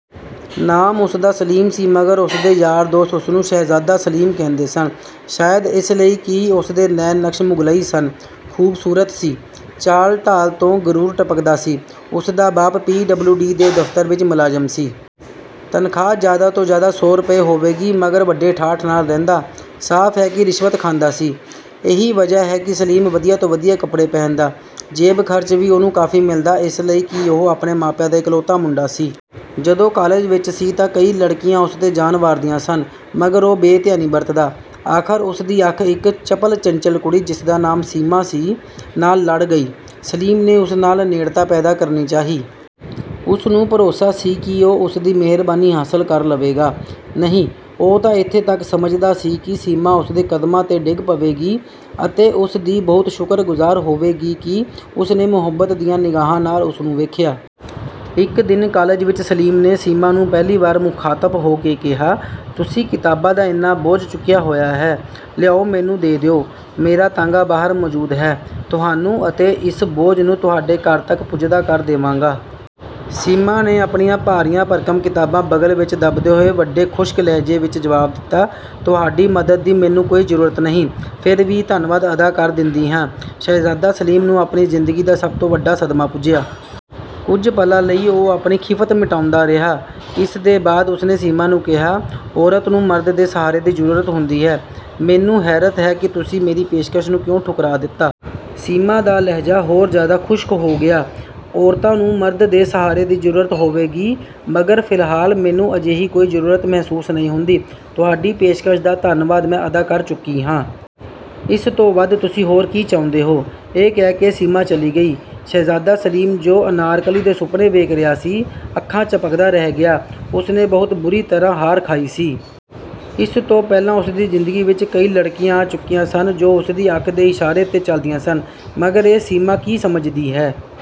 ਨਾਮ ਉਸਦਾ ਸਲੀਮ ਸੀ ਮਗਰ ਉਸਦੇ ਯਾਰ-ਦੋਸਤ ਉਸਨੂੰ ਸ਼ਹਿਜ਼ਾਦਾ ਸਲੀਮ ਕਹਿੰਦੇ ਸਨ। ਸ਼ਾਇਦ ਇਸ ਲਈ ਕਿ ਉਸਦੇ ਨੈਣ-ਨਕਸ਼ ਮੁਗ਼ਲਈ ਸਨ, ਖ਼ੂਬਸੂਰਤ ਸੀ। ਚਾਲ-ਢਾਲ ਤੋਂ ਗ਼ਰੂਰ ਟਪਕਦਾ ਸੀ। ਉਸਦਾ ਬਾਪ ਪੀ.ਡਬਲਿਊ.ਡੀ ਦੇ ਦਫ਼ਤਰ ਵਿੱਚ ਮੁਲਾਜ਼ਿਮ ਸੀ। ਤਨਖ਼ਾਹ ਜ਼ਿਆਦਾ ਤੋਂ ਜ਼ਿਆਦਾ ਸੌ ਰੁਪਏ ਹੋਵੇਗੀ ਮਗਰ ਵੱਡੇ ਠਾਟ ਨਾਲ਼ ਰਹਿੰਦਾ, ਸਾਫ਼ ਹੈ ਕਿ ਰਿਸ਼ਵਤ ਖਾਂਦਾ ਸੀ। ਇਹੀ ਵਜ੍ਹਾ ਹੈ ਕਿ ਸਲੀਮ ਵਧੀਆ ਤੋਂ ਵਧੀਆ ਕੱਪੜੇ ਪਹਿਨਦਾ। ਜੇਬ ਖ਼ਰਚ ਵੀ ਉਹਨੂੰ ਕਾਫ਼ੀ ਮਿਲਦਾ ਇਸ ਲਈ ਕਿ ਉਹ ਆਪਣੇ ਮਾਪਿਆਂ ਦਾ ਇਕਲੌਤਾ ਮੁੰਡਾ ਸੀ। ਜਦੋਂ ਕਾਲਜ ਵਿੱਚ ਸੀ ਤਾਂ ਕਈ ਲੜਕੀਆਂ ਉਸ 'ਤੇ ਜਾਨ ਵਾਰਦੀਆਂ ਸਨ ਮਗਰ ਉਹ ਬੇਧਿਆਨੀ ਬਰਤਦਾ। ਆਖ਼ਰ ਉਸ ਦੀ ਅੱਖ ਇੱਕ ਚਪਲ-ਚੰਚਲ ਕੁੜੀ, ਜਿਸਦਾ ਨਾਮ ਸੀਮਾ ਸੀ, ਨਾਲ਼ ਲੜ ਗਈ। ਸਲੀਮ ਨੇ ਉਸ ਨਾਲ਼ ਨੇੜਤਾ ਪੈਦਾ ਕਰਨੀ ਚਾਹੀ। ਉਸਨੂੰ ਭਰੋਸਾ ਸੀ ਕਿ ਉਹ ਉਸਦੀ ਮਿਹਰਬਾਨੀ ਹਾਸਲ ਕਰ ਲਵੇਗਾ। ਨਹੀਂ, ਉਹ ਤਾਂ ਇੱਥੇ ਤੱਕ ਸਮਝਦਾ ਸੀ ਕਿ ਸੀਮਾ ਉਸਦੇ ਕਦਮਾਂ 'ਤੇ ਡਿੱਗ ਪਵੇਗੀ ਅਤੇ ਉਸਦੀ ਬਹੁਤ ਸ਼ੁਕਰਗੁਜ਼ਾਰ ਹੋਵੇਗੀ ਕਿ ਉਸ ਨੇ ਮੁਹੱਬਤ ਦੀਆਂ ਨਿਗਾਹਾਂ ਨਾਲ਼ ਉਸਨੂੰ ਵੇਖਿਆ। ਇੱਕ ਦਿਨ ਕਾਲਜ ਵਿੱਚ ਸਲੀਮ ਨੇ ਸੀਮਾ ਨੂੰ ਪਹਿਲੀ ਵਾਰ ਮੁਖ਼ਾਤਬ ਹੋ ਕੇ ਕਿਹਾ, "ਤੁਸੀਂ ਕਿਤਾਬਾਂ ਦਾ ਇੰਨਾ ਬੋਝ ਚੁੱਕਿਆ ਹੋਇਆ ਹੈ, ਲਿਆਓ ਮੈਨੂੰ ਦੇ ਦਿਓ। ਮੇਰਾ ਤਾਂਗਾ ਬਾਹਰ ਮੌਜੂਦ ਹੈ, ਤੁਹਾਨੂੰ ਅਤੇ ਇਸ ਬੋਝ ਨੂੰ ਤੁਹਾਡੇ ਘਰ ਤੱਕ ਪੁੱਜਦਾ ਕਰ ਦੇਵਾਂਗਾ।" ਸੀਮਾ ਨੇ ਆਪਣੀਆਂ ਭਾਰੀਆਂ-ਭਰਕਮ ਕਿਤਾਬਾਂ ਬਗ਼ਲ ਵਿੱਚ ਦੱਬਦੇ ਹੋਏ ਵੱਡੇ ਖੁਸ਼ਕ ਲਹਿਜੇ ਵਿੱਚ ਜਵਾਬ ਦਿੱਤਾ, "ਤੁਹਾਡੀ ਮਦਦ ਦੀ ਮੈਨੂੰ ਕੋਈ ਜ਼ਰੂਰਤ ਨਹੀਂ, ਫਿਰ ਵੀ ਧੰਨਵਾਦ ਅਦਾ ਕਰ ਦਿੰਦੀ ਹਾਂ।" ਸ਼ਹਿਜ਼ਾਦਾ ਸਲੀਮ ਨੂੰ ਆਪਣੀ ਜ਼ਿੰਦਗੀ ਦਾ ਸਭ ਤੋਂ ਵੱਡਾ ਸਦਮਾ ਪੁੱਜਿਆ। ਕੁਝ ਪਲਾਂ ਲਈ ਉਹ ਆਪਣੀ ਖ਼ਿੱਫ਼ਤ ਮਿਟਾਉਂਦਾ ਰਿਹਾ। ਇਸਦੇ ਬਾਅਦ ਉਸਨੇ ਸੀਮਾ ਨੂੰ ਕਿਹਾ, "ਔਰਤ ਨੂੰ ਮਰਦ ਦੇ ਸਹਾਰੇ ਦੀ ਜ਼ਰੂਰਤ ਹੁੰਦੀ ਹੈ, ਮੈਨੂੰ ਹੈਰਤ ਹੈ ਕਿ ਤੁਸੀਂ ਮੇਰੀ ਪੇਸ਼ਕਸ਼ ਨੂੰ ਕਿਉਂ ਠੁਕਰਾ ਦਿੱਤਾ?" ਸੀਮਾ ਦਾ ਲਹਿਜਾ ਹੋਰ ਜ਼ਿਆਦਾ ਖੁਸ਼ਕ ਹੋ ਗਿਆ "ਔਰਤਾਂ ਨੂੰ ਮਰਦ ਦੇ ਸਹਾਰੇ ਦੀ ਜ਼ਰੂਰਤ ਹੋਵੇਗੀ ਮਗਰ ਫ਼ਿਲਹਾਲ ਮੈਨੂੰ ਅਜਿਹੀ ਕੋਈ ਜ਼ਰੂਰਤ ਮਹਿਸੂਸ ਨਹੀਂ ਹੁੰਦੀ। ਤੁਹਾਡੀ ਪੇਸ਼ਕਸ਼ ਦਾ ਧੰਨਵਾਦ ਮੈਂ ਅਦਾ ਕਰ ਚੁੱਕੀ ਹਾਂ। ਇਸ ਤੋਂ ਵੱਧ ਤੁਸੀਂ ਹੋਰ ਕੀ ਚਾਹੁੰਦੇ ਹੋ?"ਇਹ ਕਹਿ ਕੇ ਸੀਮਾ ਚਲੀ ਗਈ। ਸ਼ਹਿਜ਼ਾਦਾ ਸਲੀਮ ਜੋ ਅਨਾਰਕਲੀ ਦੇ ਸੁਪਨੇ ਵੇਖ ਰਿਹਾ ਸੀ, ਅੱਖਾਂ ਝਪਕਦਾ ਰਹਿ ਗਿਆ। ਉਸਨੇ ਬਹੁਤ ਬੁਰੀ ਤਰ੍ਹਾਂ ਹਾਰ ਖਾਈ ਸੀ। ਇਸ ਤੋਂ ਪਹਿਲਾਂ ਉਸਦੀ ਜ਼ਿੰਦਗੀ ਵਿੱਚ ਕਈ ਲੜਕੀਆਂ ਆ ਚੁੱਕੀਆਂ ਸਨ ਜੋ ਉਸਦੀ ਅੱਖ ਦੇ ਇਸ਼ਾਰੇ 'ਤੇ ਚੱਲਦੀਆਂ ਸਨ, ਮਗਰ ਇਹ ਸੀਮਾ ਕੀ ਸਮਝਦੀ ਹੈ?